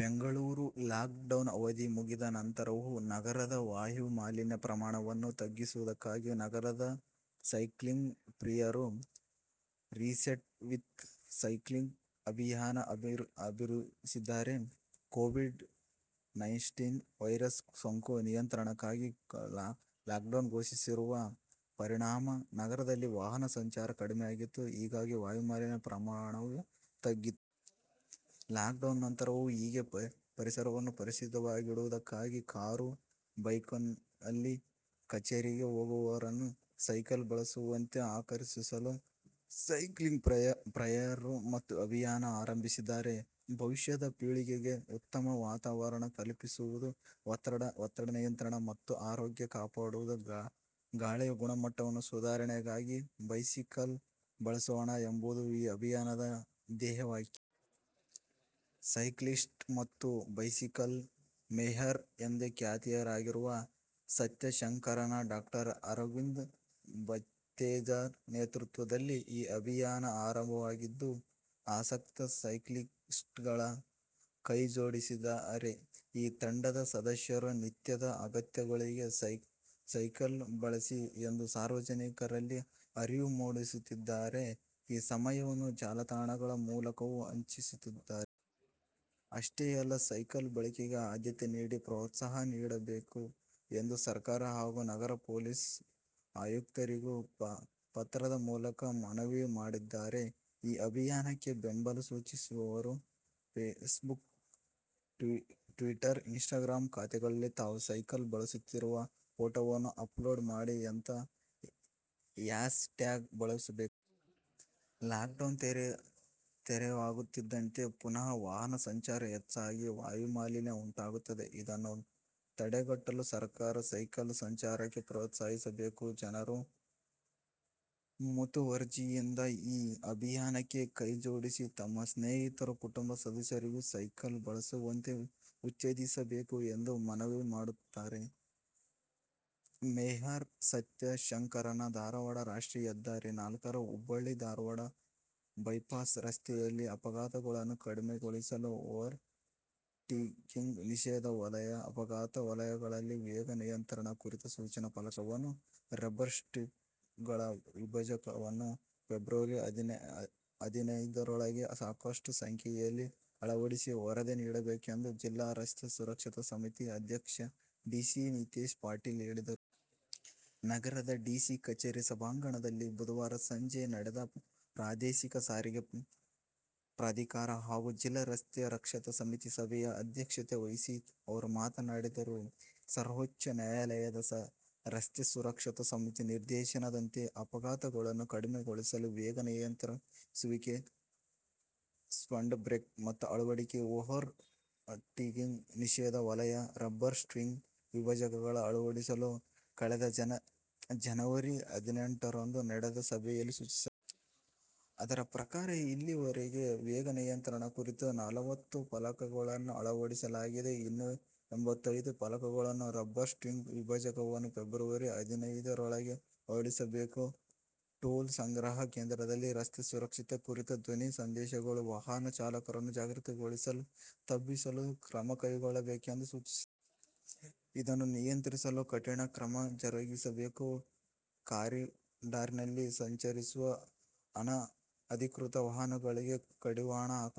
Bengaluru: lockdown ಅವಧಿ ಮುಗಿದ ನಂತರವೂ, ನಗರದ ವಾಯುಮಾಲಿನ್ಯ ಪ್ರಮಾಣವನ್ನು ತಗ್ಗಿಸುವುದಕ್ಕಾಗಿ ನಗರದ ಸೈಕ್ಲಿಂಗ್ ಪ್ರಿಯರು 'ರಿಸೆಟ್ ವಿತ್ ಸೈಕ್ಲಿಂಗ್' ಅಭಿಯಾನ ಆರಂಭಿಸಿದ್ದಾರೆ. ಕೋವಿಡ್- ನೈನ್ಟೀನ್ ವೈರಸ್ ಸೋಂಕು ನಿಯಂತ್ರಣಕ್ಕಾಗಿ ಲಾಕ್ಡೌನ್ ಘೋಷಿಸಿರುವ ಪರಿಣಾಮ ನಗರದಲ್ಲಿ ವಾಹನ ಸಂಚಾರ ಕಡಿಮೆಯಾಗಿತ್ತು. ಹೀಗಾಗಿ ವಾಯುಮಾಲಿನ್ಯ ಪ್ರಮಾಣವೂ ತಗ್ಗಿತ್ತು. ಲಾಕ್ಡೌನ್ ನಂತರವೂ ಹೀಗೆ ಪರಿಸರವನ್ನು ಶುದ್ಧವಾಗಿಡುವುದಕ್ಕಾಗಿ ಕಾರು, ಬೈಕ್ನಲ್ಲಿ ಕಚೇರಿಗೆ ಹೋಗುವವರನ್ನು, ಸೈಕಲ್ ಬಳಸುವಂತೆ ಆಕರ್ಷಿಸಲು ಸೈಕ್ಲಿಂಗ್ ಪ್ರಿಯರು ಈ ಅಭಿಯಾನ ಅರಂಭಿಸಿದ್ದಾರೆ. 'ಭವಿಷ್ಯದ ಪೀಳಿಗೆಗೆ ಉತ್ತಮ ವಾತಾವರಣ ಕಲ್ಪಿಸುವುದು, ಒತ್ತಡ ನಿಯಂತ್ರಣ, ಉತ್ತಮ ಆರೋಗ್ಯ ಕಾಪಾಡುವುದು, ಗಾಳಿಯ ಗುಣಮಟ್ಟ ಸುಧಾರಣೆಗಾಗಿ ಬೈಸಿಕಲ್ ಬಳಸೋಣ' ಎಂಬುದು ಈ ಅಭಿಯಾನದ ಧ್ಯೇಯ ವಾಕ್ಯ. ಸೈಕ್ಲಿಸ್ಟ್ ಮತ್ತು ಬೈಸಿಕಲ್ ಮೇಯರ್ ಎಂದೇ ಖ್ಯಾತರಾಗಿರುವ ಸತ್ಯ ಶಂಕರನ್, ಡಾ. ಅರವಿಂದ್ ಭತೇಜಾ ನೇತೃತ್ವದಲ್ಲಿ ಈ ಅಭಿಯಾನ ಆರಂಭವಾಗಿದ್ದು, ಆಸಕ್ತ ಸೈಕ್ಲಿಸ್ಟ್ಗಳೂ ಕೈ ಜೋಡಿಸಿದ್ದಾರೆ. ಈ ತಂಡದ ಸದಸ್ಯರು, 'ನಿತ್ಯದ ಅಗತ್ಯಗಳಿಗೆ ಸೈಕಲ್'ಬಳಸಿ ಎಂದು ಸಾರ್ವಜನಿಕರಲ್ಲಿ ಅರಿವು ಮೂಡಿಸುತ್ತಿದ್ದಾರೆ. ಈ ವಿಷಯವನ್ನು ಜಾಲತಾಣಗಳ ಮೂಲಕವೂ ಹಂಚುತ್ತಿದ್ದಾರೆ. 'ಅಷ್ಟೇ ಅಲ್ಲ, ಸೈಕಲ್ ಬಳಕೆಗೆ ಆದ್ಯತೆ ನೀಡಿ, ಪ್ರೋತ್ಸಾಹ ನೀಡಬೇಕು' ಎಂದು ಸರ್ಕಾರ ಹಾಗೂ ನಗರ ಪೊಲೀಸ್ ಆಯುಕ್ತರಿಗೂ ಪತ್ರದ ಮೂಲಕ ಮನವಿ ಮಾಡಿದ್ದಾರೆ. ಈ ಅಭಿಯಾನಕ್ಕೆ ಬೆಂಬಲ ಸೂಚಿಸುವವರು ಫೇಸ್ಬುಕ್, ಟ್ವಿಟ್ಟರ್, ಇನ್ಸ್ಟಾಗ್ರಾಂ ಖಾತೆಗಳಲ್ಲಿ ತಾವು ಸೈಕಲ್ ಬಳಸುತ್ತಿರುವ ಫೋಟೊವನ್ನು ಅಪ್ಲೋಡ್ ಮಾಡಿ ಎಂದು ಹ್ಯಾಷ್ ಟ್ಯಾಗ್ ಬಳಸಬೇಕು. 'ಲಾಕ್ಡೌನ್ ತೆರವಾಗುತ್ತಿದ್ದಂತೆ ಪುನಃ ವಾಹನ ಸಂಚಾರ ಹೆಚ್ಚಾಗಿ ವಾಯುಮಾಲಿನ್ಯ ಉಂಟಾಗುತ್ತದೆ. ಇದನ್ನು ತಡೆಗಟ್ಟಲು ಸರ್ಕಾರ ಸೈಕಲ್ ಸಂಚಾರಕ್ಕೆ ಪ್ರೋತ್ಸಾಹಿಸಬೇಕು. ಜನರೂ ಮುತುವರ್ಜಿಯಿಂದ ಈ ಅಭಿಯಾನಕ್ಕೆ ಕೈಜೋಡಿಸಿ, ತಮ್ಮ ಸ್ನೇಹಿತರು, ಕುಟುಂಬ ಸದಸ್ಯರಿಗೂ ಸೈಕಲ್ ಬಳಸುವಂತೆ ಉತ್ತೇಜಿಸಬೇಕು' ಎಂದು ಮನವಿ ಮಾಡುತ್ತಾರೆ ಮೇಯರ್ ಸತ್ಯ ಶಂಕರನ್. ಧಾರವಾಡ: ರಾಷ್ಟ್ರೀಯ ಹೆದ್ದಾರಿ ನಾಲ್ಕರ ಹುಬ್ಬಳ್ಳಿ-ಧಾರವಾಡ ಬೈಪಾಸ್ ರಸ್ತೆಯಲ್ಲಿ ಅಪಘಾತಗಳನ್ನು ಕಡಿಮೆಗೊಳಿಸಲು ಓವರ್ ಟೇಕಿಂಗ್ ನಿಷೇಧ ವಲಯ, ಅಪಘಾತ ವಲಯಗಳಲ್ಲಿ ವೇಗ ನಿಯಂತ್ರಣ ಕುರಿತ ಸೂಚನಾ ಫಲಕಗಳು, ರಬ್ಬರ್ ಸ್ಟ್ರಿಪ್ ಗಳ ವಿಭಜಕಗಳನ್ನು ಫೆಬ್ರವರಿ ಹದಿನೈದರೊಳಗೆ ಸಾಕಷ್ಟು ಸಂಖ್ಯೆಯಲ್ಲಿ ಅಳವಡಿಸಿ ವರದಿ ನೀಡಬೇಕೆಂದು ಜಿಲ್ಲಾ ರಸ್ತೆ ಸುರಕ್ಷತಾ ಸಮಿತಿ ಅಧ್ಯಕ್ಷ ಡಿಸಿ ನಿತೇಶ ಪಾಟೀಲ ಹೇಳಿದರು. ನಗರದ ಡಿಸಿ ಕಚೇರಿ ಸಭಾಂಗಣದಲ್ಲಿ ಬುಧವಾರ ಸಸಂಜೆ ನಡೆದ ಪ್ರಾದೇಶಿಕ ಸಾರಿಗೆ ಪ್ರಾಧಿಕಾರ ಹಾಗೂ ಜಿಲ್ಲಾ ರಸ್ತೆ ರಕ್ಷತಾ ಸಮಿತಿ ಸಭೆಯ ಅಧ್ಯಕ್ಷತೆ ವಹಿಸಿ ಅವರು ಮಾತನಾಡಿದರು. ಸರ್ವೋತ್ಛ ನ್ಯಾಯಾಲಯದ ರಸ್ತೆ ಸುರಕ್ಷತಾ ಸಮಿತಿ ನಿರ್ದೇಶನದಂತೆ ಅಪಘಾತಗಳನ್ನು ಕಡಿಮೆಗೊಳಿಸಲು ವೇಗ ನಿಯಂತ್ರಿಸುವಿಕೆ, ಸ್ಪೀಡ್ ಬ್ರೇಕರ್ ಅಳವಡಿಕೆ, ಓವರ್ ಟೇಕಿಂಗ್ ನಿಷೇಧ ವಲಯ, ರಬ್ಬರ್ ಸ್ಟ್ರಿಪ್ ವಿಭಜಕಗಳ ಅಳವಡಿಸಲು ಕಳೆದ ಜನವರಿ ಹದಿನೆಂಟರಂದು ನಡೆದ ಸಭೆಯಲ್ಲಿ ಸೂಚಿಸಲಾಗಿತ್ತು. ಅದರ ಪ್ರಕಾರ ಇಲ್ಲಿಯವರೆಗೆ ವೇಗ ನಿಯಂತ್ರಣ ಕುರಿತು ನಲವತ್ತು ಫಲಕಗಳನ್ನು ಅಳವಡಿಸಲಾಗಿದೆ. ಇನ್ನೂ ಎಂಬತ್ತೈದು ಫಲಕಗಳನ್ನು, ರಬ್ಬರ್ ಸ್ಟ್ರಿಪ್ ವಿಭಜಕಗಳನ್ನು ಫೆಬ್ರವರಿ ಹದಿನೈದರೊಳಗೆ ಅಳವಡಿಸಬೇಕು. ಟೋಲ್ ಸಂಗ್ರಹಣಾ ಕೇಂದ್ರದಲ್ಲಿ ರಸ್ತೆ ಸುರಕ್ಷತೆ ಕುರಿತ ಧ್ವನಿ ಸಂದೇಶಗಳು ವಾಹನ ಚಾಲಕರನ್ನು ಜಾಗೃತಿಗೊಳಿಸಲು ಬಿತ್ತರಿಸಲು ಕ್ರಮ ಕೈಗೊಳ್ಳಬೇಕೆಂದು ಸೂಚಿಸಿದರು. ಇದನ್ನು ನಿಯಂತ್ರಿಸಲು ಕಠಿಣ ಕ್ರಮ ಜರುಗಿಸಬೇಕು. ಕಾರಿಡಾರ್ನಲ್ಲಿ ಸಂಚರಿಸುವ ಅನ ಧಿಕೃತ ವಾಹನಗಳಿಗೆ ಕಡಿವಾಣ ಹಾಕಬೇಕು.